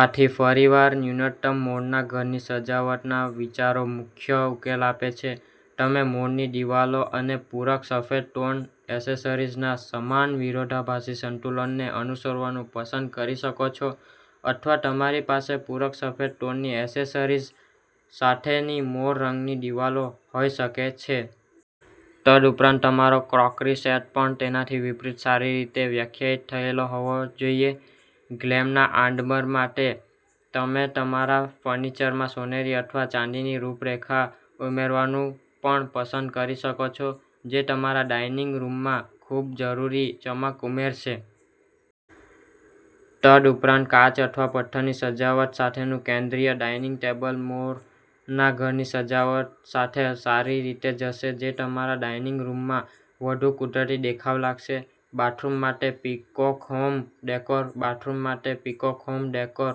આથી, ફરીવાર, ન્યૂનતમ મોરના ઘરની સજાવટના વિચારો મુખ્ય ઉકેલ આપે છે. તમે મોરની દિવાલો અને પૂરક સફેદ ટોન એસેસરીઝના સમાન વિરોધાભાસી સંતુલનને અનુસરવાનું પસંદ કરી શકો છો અથવા તમારી પાસે પૂરક સફેદ ટોનની એસેસરીઝ સાથેની મોર રંગની દિવાલો હોઈ શકે છે. તદુપરાંત, તમારો ક્રોકરી સેટ પણ તેનાથી વિપરીત સારી રીતે વ્યાખ્યાયિત થયેલ હોવો જોઈએ. ગ્લેમના આડંબર માટે, તમે તમારા ફર્નિચરમાં સોનેરી અથવા ચાંદીની રૂપરેખા ઉમેરવાનું પણ પસંદ કરી શકો છો જે તમારા ડાઇનિંગ રૂમમાં ખૂબજરૂરી ચમક ઉમેરશે. તદુપરાંત, કાચ અથવા પથ્થરની સજાવટ સાથેનું કેન્દ્રિય ડાઇનિંગ ટેબલ મોરના ઘરની સજાવટ સાથે સારી રીતે જશે, જે તમારા ડાઇનિંગ રૂમમાં વધુ કુદરતી દેખાવ લાવશે. બાથરૂમ માટે પીકોક હોમ ડેકોર બાથરૂમ માટે પીકોક હોમ ડેકોર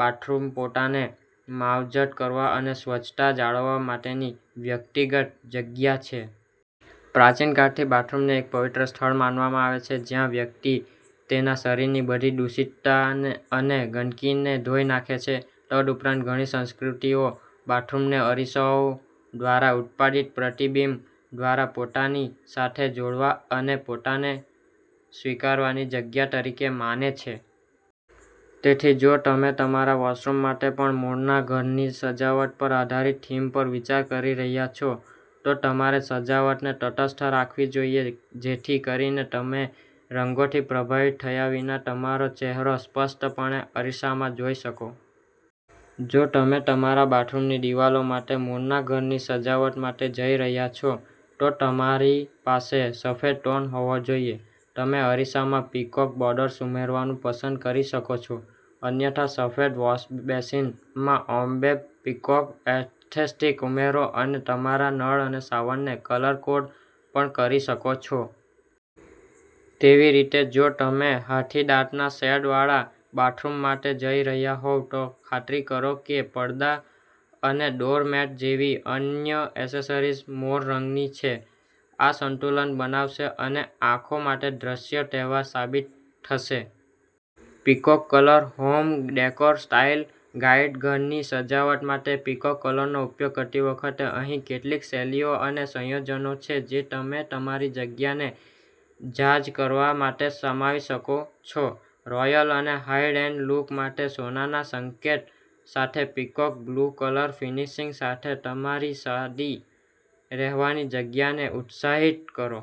બાથરૂમ પોતાને માવજત કરવા અને સ્વચ્છતા જાળવવા માટેની વ્યક્તિગત જગ્યા છે. પ્રાચીન કાળથી, બાથરૂમને એક પવિત્ર સ્થળ માનવામાં આવે છે જ્યાં વ્યક્તિ તેના શરીરની બધી દૂષિતતા અને ગંદકીને ધોઈ નાખે છે. તદુપરાંત, ઘણી સંસ્કૃતિઓ બાથરૂમને અરીસાઓ દ્વારા ઉત્પાદિત પ્રતિબિંબ દ્વારા પોતાની સાથે જોડાવા અને પોતાને સ્વીકારવાની જગ્યા તરીકે માને છે. તેથી, જો તમે તમારા વૉશરૂમ માટે પણ મોરનાં ઘરની સજાવટ પર આધારિત થીમ પર વિચાર કરી રહ્યાં છો, તો તમારે સજાવટને તટસ્થ રાખવી જોઈએ જેથી કરીને તમે રંગોથી પ્રભાવિત થયા વિના તમારો ચહેરો સ્પષ્ટપણે અરીસામાં જોઈ શકો. જો તમે તમારા બાથરૂમની દિવાલો માટે મોરનાં ઘરની સજાવટ માટે જઈ રહ્યાં છો, તો તમારી પાસે સફેદ ટોન હોવો જોઈએ. તમે અરીસામાં પીકોક બોર્ડર્સ ઉમેરવાનું પસંદ કરી શકો છો, અન્યથા સફેદ વૉશબેસિનમાં ઓમ્બ્રે પીકોક એસ્થેટિક ઉમેરો અને તમારા નળ અને શાવરને કલર-કોડ પણ કરી શકો છો. તેવીરીતે, જો તમે હાથીદાંતના શેડવાળા બાથરૂમ માટે જઈ રહ્યાં હોવ, તો ખાતરી કરો કે પડદા અને ડોરમેટ જેવી અન્ય એસેસરીઝ મોર રંગની છે. આ સંતુલન બનાવશે અને આંખો માટે દ્રશ્ય તહેવાર સાબિત થશે. Peacock colour home decor style guide ઘરની સજાવટ માટે પીકોક કલરનો ઉપયોગ કરતી વખતે, અહીં કેટલીક શૈલીઓ અને સંયોજનો છે જે તમે તમારી જગ્યાને જાઝ કરવા માટે સમાવી શકો છો. રોયલ અને હાઇ-એન્ડ લુક માટે સોનાના સંકેત સાથે પીકોક બ્લુ કલર ફર્નિશિંગ સાથે તમારી સાદી રહેવાની જગ્યાને ઉત્સાહિત કરો.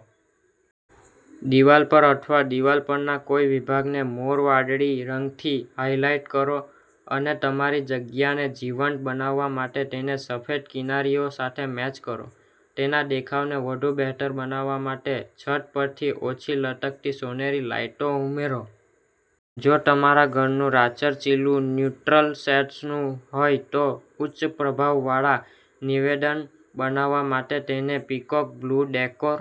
દિવાલ પર અથવા દિવાલ પરના કોઈ વિભાગને મોર વાદળી રંગથી હાઇલાઇટ કરો અને તમારી જગ્યાને જીવંત બનાવવા માટે તેને સફેદ કિનારીઓ સાથે મેચ કરો. તેના દેખાવને વધુ બહેતર બનાવવા માટે છત પરથી ઓછી લટકતી સોનેરી લાઇટો ઉમેરો. જો તમારા ઘરનું રાચરચીલું ન્યુટ્રલ શેડ્સનું હોય, તો ઉચ્ચ પ્રભાવવાળા નિવેદન બનાવવા માટે તેને પીકોક બ્લુ ડેકોર